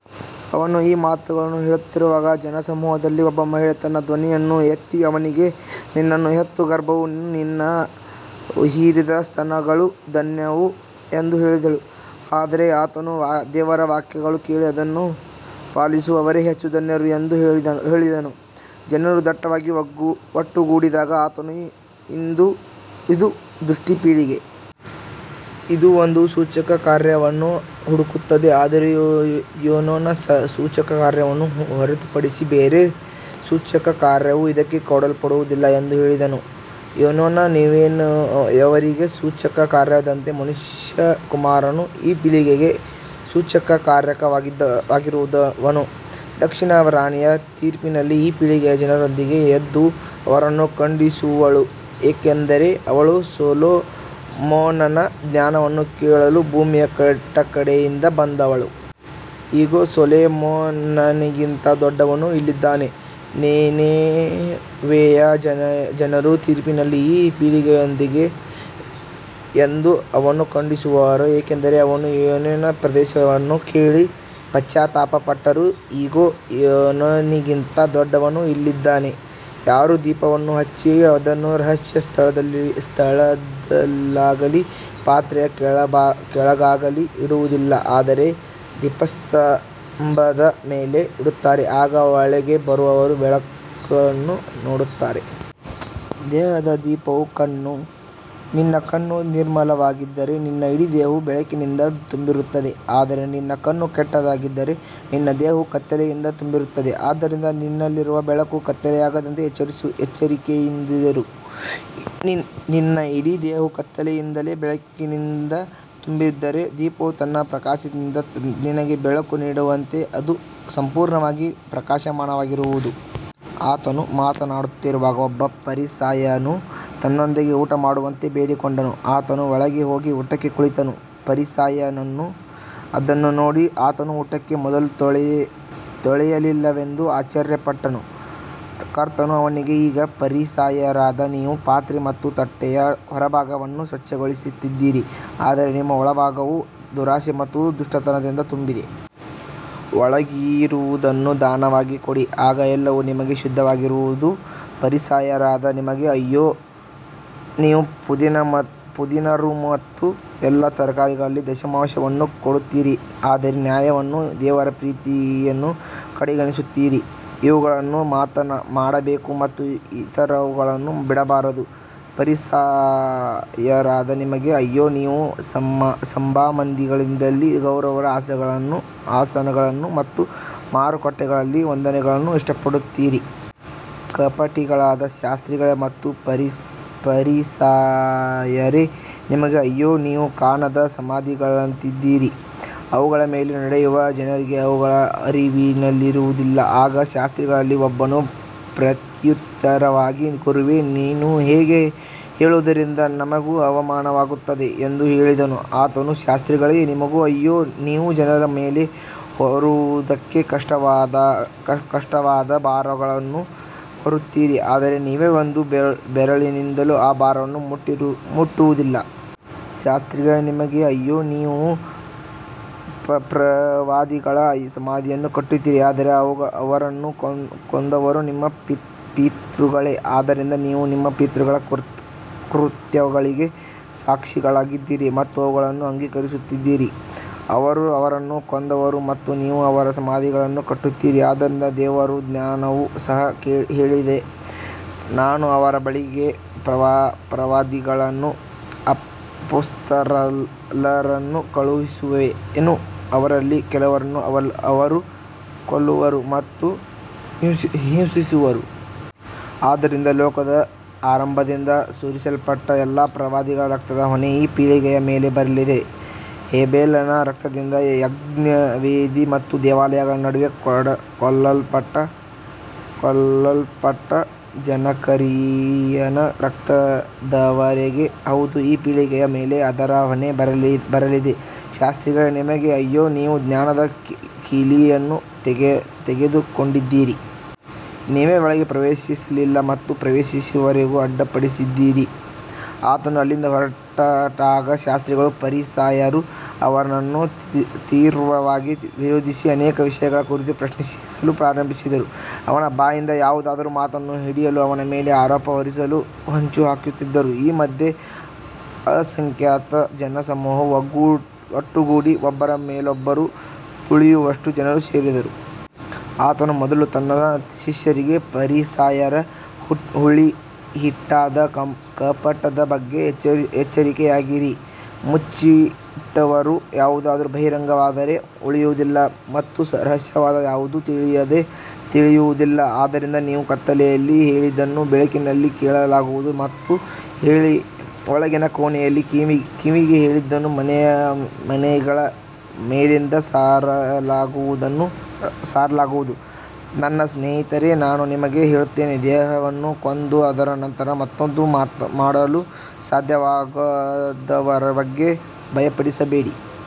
ಅವನು ಈ ಮಾತುಗಳನ್ನು ಹೇಳುತ್ತಿರುವಾಗ ಜನಸಮೂಹದಲ್ಲಿದ್ದ ಒಬ್ಬ ಮಹಿಳೆ ತನ್ನ ಧ್ವನಿಯನ್ನು ಎತ್ತಿ ಅವನಿಗೆ, ನಿನ್ನನ್ನು ಹೆತ್ತ ಗರ್ಭವೂ ನೀನು ಹೀರಿದ ಸ್ತನಗಳೂ ಧನ್ಯವು ಎಂದು ಹೇಳಿದಳು. ಆದರೆ ಆತನು, ದೇವರ ವಾಕ್ಯವನ್ನು ಕೇಳಿ ಅದನ್ನು ಪಾಲಿಸುವವರೇ ಹೆಚ್ಚು ಧನ್ಯರು ಎಂದು ಹೇಳಿದನು. ಜನರು ದಟ್ಟವಾಗಿ ಒಟ್ಟುಗೂಡಿದಾಗ ಆತನು, ಇದು ದುಷ್ಟ ಪೀಳಿಗೆ. ಇದು ಒಂದು ಸೂಚಕಕಾರ್ಯವನ್ನು ಹುಡುಕುತ್ತದೆ, ಆದರೆ ಯೋನನ ಸೂಚಕಕಾರ್ಯವನ್ನು ಹೊರತುಪಡಿಸಿ ಬೇರೆ ಸೂಚಕಕಾರ್ಯವು ಇದಕ್ಕೆ ಕೊಡಲ್ಪಡುವುದಿಲ್ಲ ಎಂದು ಹೇಳಿದನು. ಯೋನನು ನಿನೆವೆಯವರಿಗೆ ಸೂಚಕಕಾರ್ಯವಾದಂತೆ ಮನುಷ್ಯಕುಮಾರನು ಈ ಪೀಳಿಗೆಗೆ ಸೂಚಕಕಾರ್ಯವಾಗಿರುವನು. ದಕ್ಷಿಣದ ರಾಣಿಯು ತೀರ್ಪಿನಲ್ಲಿ ಈ ಪೀಳಿಗೆಯ ಜನರೊಂದಿಗೆ ಎದ್ದು ಅವರನ್ನು ಖಂಡಿಸುವಳು, ಏಕೆಂದರೆ ಅವಳು ಸೊಲೊಮೋನನ ಜ್ಞಾನವನ್ನು ಕೇಳಲು ಭೂಮಿಯ ಕಟ್ಟಕಡೆಯಿಂದ ಬಂದಳು. ಇಗೋ, ಸೊಲೊಮೋನನಿಗಿಂತ ದೊಡ್ಡವನು ಇಲ್ಲಿದ್ದಾನೆ. ನಿನೆವೆಯ ಜನರು ತೀರ್ಪಿನಲ್ಲಿ ಈ ಪೀಳಿಗೆಯೊಂದಿಗೆ ಎದ್ದು ಅದನ್ನು ಖಂಡಿಸುವರು, ಏಕೆಂದರೆ ಅವರು ಯೋನನ ಉಪದೇಶವನ್ನು ಕೇಳಿ ಪಶ್ಚಾತ್ತಾಪಪಟ್ಟರು. ಇಗೋ, ಯೋನನಿಗಿಂತ ದೊಡ್ಡವನು ಇಲ್ಲಿದ್ದಾನೆ. ಯಾರೂ ದೀಪವನ್ನು ಹಚ್ಚಿ ಅದನ್ನು ರಹಸ್ಯ ಸ್ಥಳದಲ್ಲಾಗಲಿ ಪಾತ್ರೆಯ ಕೆಳಗಾಗಲಿ ಇಡುವುದಿಲ್ಲ, ಆದರೆ ದೀಪಸ್ತಂಭದ ಮೇಲೆ ಇಡುತ್ತಾರೆ, ಆಗ ಒಳಗೆ ಬರುವವರು ಬೆಳಕನ್ನು ನೋಡುತ್ತಾರೆ. ದೇಹದ ದೀಪವು ಕಣ್ಣು. ನಿನ್ನ ಕಣ್ಣು ನಿರ್ಮಲವಾಗಿದ್ದರೆ ನಿನ್ನ ಇಡೀ ದೇಹವೂ ಬೆಳಕಿನಿಂದ ತುಂಬಿರುತ್ತದೆ. ಆದರೆ ನಿನ್ನ ಕಣ್ಣು ಕೆಟ್ಟದ್ದಾಗಿದ್ದರೆ ನಿನ್ನ ದೇಹವೂ ಕತ್ತಲೆಯಿಂದ ತುಂಬಿರುತ್ತದೆ. ಆದ್ದರಿಂದ ನಿನ್ನಲ್ಲಿರುವ ಬೆಳಕು ಕತ್ತಲೆಯಾಗದಂತೆ ಎಚ್ಚರಿಕೆಯಿಂದಿರು. ನಿನ್ನ ಇಡೀ ದೇಹವು ಕತ್ತಲೆಯಿಲ್ಲದೆ ಬೆಳಕಿನಿಂದ ತುಂಬಿದ್ದರೆ, ದೀಪವು ತನ್ನ ಪ್ರಕಾಶದಿಂದ ನಿನಗೆ ಬೆಳಕು ನೀಡುವಂತೆ ಅದು ಸಂಪೂರ್ಣವಾಗಿ ಪ್ರಕಾಶಮಾನವಾಗಿರುವುದು. ಆತನು ಮಾತನಾಡುತ್ತಿರುವಾಗ ಒಬ್ಬ ಫರಿಸಾಯನು ತನ್ನೊಂದಿಗೆ ಊಟಮಾಡುವಂತೆ ಬೇಡಿಕೊಂಡನು. ಆತನು ಒಳಗೆ ಹೋಗಿ ಊಟಕ್ಕೆ ಕುಳಿತನು. ಫರಿಸಾಯನು ಅದನ್ನು ನೋಡಿ ಆತನು ಊಟಕ್ಕೆ ಮೊದಲು ತೊಳೆಯಲಿಲ್ಲವೆಂದು ಆಶ್ಚರ್ಯಪಟ್ಟನು. ಕರ್ತನು ಅವನಿಗೆ, ಈಗ ಫರಿಸಾಯರಾದ ನೀವು ಪಾತ್ರೆ ಮತ್ತು ತಟ್ಟೆಯ ಹೊರಭಾಗವನ್ನು ಸ್ವಚ್ಛಗೊಳಿಸುತ್ತೀರಿ, ಆದರೆ ನಿಮ್ಮ ಒಳಭಾಗವು ದುರಾಸೆ ಮತ್ತು ದುಷ್ಟತನದಿಂದ ತುಂಬಿದೆ. ಒಳಗಿರುವುದನ್ನು ದಾನವಾಗಿ ಕೊಡಿ, ಆಗ ಎಲ್ಲವೂ ನಿಮಗೆ ಶುದ್ಧವಾಗಿರುವುದು. ಫರಿಸಾಯರಾದ ನಿಮಗೆ ಅಯ್ಯೋ, ನೀವು ಪುದೀನ, ರೂ ಮತ್ತು ಎಲ್ಲಾ ತರಕಾರಿಗಳಲ್ಲಿ ದಶಮಾಂಶವನ್ನು ಕೊಡುತ್ತೀರಿ, ಆದರೆ ನ್ಯಾಯವನ್ನೂ ದೇವರ ಪ್ರೀತಿಯನ್ನೂ ಕಡೆಗಣಿಸುತ್ತೀರಿ. ಇವುಗಳನ್ನು ಮಾಡಬೇಕು ಮತ್ತು ಇತರವುಗಳನ್ನು ಬಿಡಬಾರದು. ಫರಿಸಾಯರಾದ ನಿಮಗೆ ಅಯ್ಯೋ, ನೀವು ಸಭಾಮಂದಿರಗಳಲ್ಲಿ ಗೌರವದ ಆಸನಗಳನ್ನು ಮತ್ತು ಮಾರುಕಟ್ಟೆಗಳಲ್ಲಿ ವಂದನೆಗಳನ್ನು ಇಷ್ಟಪಡುತ್ತೀರಿ. ಕಪಟಿಗಳಾದ ಶಾಸ್ತ್ರಿಗಳೇ ಮತ್ತು ಫರಿಸಾಯರೇ, ನಿಮಗೆ ಅಯ್ಯೋ, ನೀವು ಕಾಣದ ಸಮಾಧಿಗಳಂತಿದ್ದೀರಿ. ಅವುಗಳ ಮೇಲೆ ನಡೆಯುವ ಜನರಿಗೆ ಅವುಗಳ ಅರಿವಿರುವುದಿಲ್ಲ. ಆಗ ಶಾಸ್ತ್ರಿಗಳಲ್ಲಿ ಒಬ್ಬನು ಪ್ರತ್ಯುತ್ತರವಾಗಿ, ಗುರುವೇ, ನೀನು ಹೀಗೆ ಹೇಳುವುದರಿಂದ ನಮಗೂ ಅವಮಾನವಾಗುತ್ತದೆ ಎಂದು ಹೇಳಿದನು. ಆತನು, ಶಾಸ್ತ್ರಿಗಳೇ, ನಿಮಗೂ ಅಯ್ಯೋ, ನೀವು ಜನರ ಮೇಲೆ ಹೊರುವುದಕ್ಕೆ ಕಷ್ಟವಾದ ಭಾರಗಳನ್ನು ಹೊರಿಸುತ್ತೀರಿ, ಆದರೆ ನೀವೇ ಒಂದು ಬೆರಳಿನಿಂದಲೂ ಆ ಭಾರಗಳನ್ನು ಮುಟ್ಟುವುದಿಲ್ಲ. ಶಾಸ್ತ್ರಿಗಳೇ, ನಿಮಗೆ ಅಯ್ಯೋ, ನೀವು ಪ್ರವಾದಿಗಳ ಸಮಾಧಿಗಳನ್ನು ಕಟ್ಟುತ್ತೀರಿ, ಆದರೆ ಅವರನ್ನು ಕೊಂದವರು ನಿಮ್ಮ ಪಿತೃಗಳೇ. ಆದ್ದರಿಂದ ನೀವು ನಿಮ್ಮ ಪಿತೃಗಳ ಕೃತ್ಯಗಳಿಗೆ ಸಾಕ್ಷಿಗಳಾಗಿದ್ದೀರಿ ಮತ್ತು ಅವುಗಳನ್ನು ಅಂಗೀಕರಿಸುತ್ತೀರಿ. ಅವರು ಅವರನ್ನು ಕೊಂದರು ಮತ್ತು ನೀವು ಅವರ ಸಮಾಧಿಗಳನ್ನು ಕಟ್ಟುತ್ತೀರಿ. ಆದ್ದರಿಂದ ದೇವರ ಜ್ಞಾನವು ಸಹ ಹೇಳಿದೆ, ನಾನು ಅವರ ಬಳಿಗೆ ಪ್ರವಾದಿಗಳನ್ನೂ ಅಪೊಸ್ತಲರನ್ನೂ ಕಳುಹಿಸುವೆನು, ಅವರಲ್ಲಿ ಕೆಲವರನ್ನು ಅವರು ಕೊಲ್ಲುವರು ಮತ್ತು ಹಿಂಸಿಸುವರು. ಆದ್ದರಿಂದ ಲೋಕದ ಆರಂಭದಿಂದ ಸುರಿಸಲ್ಪಟ್ಟ ಎಲ್ಲಾ ಪ್ರವಾದಿಗಳ ರಕ್ತದ ಹೊಣೆ ಈ ಪೀಳಿಗೆಯ ಮೇಲೆ ಬರಲಿದೆ. ಹೇಬೆಲನ ರಕ್ತದಿಂದ ಯಜ್ಞವೇದಿ ಮತ್ತು ದೇವಾಲಯದ ನಡುವೆ ಕೊಲ್ಲಲ್ಪಟ್ಟ ಜಕರೀಯನ ರಕ್ತದವರೆಗೆ, ಹೌದು, ಈ ಪೀಳಿಗೆಯ ಮೇಲೆ ಅದರ ಹೊಣೆ ಬರಲಿದೆ. ಶಾಸ್ತ್ರಿಗಳೇ, ನಿಮಗೆ ಅಯ್ಯೋ, ನೀವು ಜ್ಞಾನದ ಕೀಲಿಯನ್ನು ತೆಗೆದುಕೊಂಡಿದ್ದೀರಿ. ನೀವೇ ಒಳಗೆ ಪ್ರವೇಶಿಸಲಿಲ್ಲ ಮತ್ತು ಪ್ರವೇಶಿಸುವವರಿಗೂ ಅಡ್ಡಿಪಡಿಸಿದ್ದೀರಿ. ಆತನು ಅಲ್ಲಿಂದ ಹೊರಟಾಗ ಶಾಸ್ತ್ರಿಗಳೂ ಫರಿಸಾಯರೂ ಅವನನ್ನು ತೀವ್ರವಾಗಿ ವಿರೋಧಿಸಿ ಅನೇಕ ವಿಷಯಗಳ ಕುರಿತು ಪ್ರಶ್ನಿಸಲು ಆರಂಭಿಸಿದರು. ಅವನ ಬಾಯಿಂದ ಯಾವುದಾದರೂ ಮಾತನ್ನು ಹಿಡಿದು ಅವನ ಮೇಲೆ ಆರೋಪ ಹೊರಿಸಲು ಹೊಂಚುಹಾಕುತ್ತಿದ್ದರು. ಈ ಮಧ್ಯೆ ಅಸಂಖ್ಯಾತ ಜನಸಮೂಹವು ಒಟ್ಟುಗೂಡಿ ಒಬ್ಬರ ಮೇಲೊಬ್ಬರು ತುಳಿಯುವಷ್ಟು ಜನರು ಸೇರಿದರು. ಆತನು ಮೊದಲು ತನ್ನ ಶಿಷ್ಯರಿಗೆ, ಫರಿಸಾಯರ ಹುಳಿಹಿಟ್ಟಾದ ಕಪಟದ ಬಗ್ಗೆ ಎಚ್ಚರಿಕೆಯಾಗಿರಿ. ಮುಚ್ಚಿಟ್ಟಿರುವ ಯಾವುದೂ ಬಹಿರಂಗವಾಗದೆ ಉಳಿಯುವುದಿಲ್ಲ ಮತ್ತು ರಹಸ್ಯವಾದ ಯಾವುದೂ ತಿಳಿಯದೆ ಉಳಿಯುವುದಿಲ್ಲ. ಆದ್ದರಿಂದ ನೀವು ಕತ್ತಲೆಯಲ್ಲಿ ಹೇಳಿದ್ದನ್ನು ಬೆಳಕಿನಲ್ಲಿ ಕೇಳಲಾಗುವುದು ಮತ್ತು ಒಳಗಿನ ಕೋಣೆಯಲ್ಲಿ ಕಿವಿಗೆ ಹೇಳಿದ್ದನ್ನು ಮನೆಗಳ ಮೇಲಿಂದ ಸಾರಲಾಗುವುದು. ನನ್ನ ಸ್ನೇಹಿತರೇ, ನಾನು ನಿಮಗೆ ಹೇಳುತ್ತೇನೆ, ದೇಹವನ್ನು ಕೊಂದು ಅದರ ನಂತರ ಮತ್ತೇನೂ ಮಾಡಲು ಸಾಧ್ಯವಾಗದವರ ಬಗ್ಗೆ ಭಯಪಡಬೇಡಿ.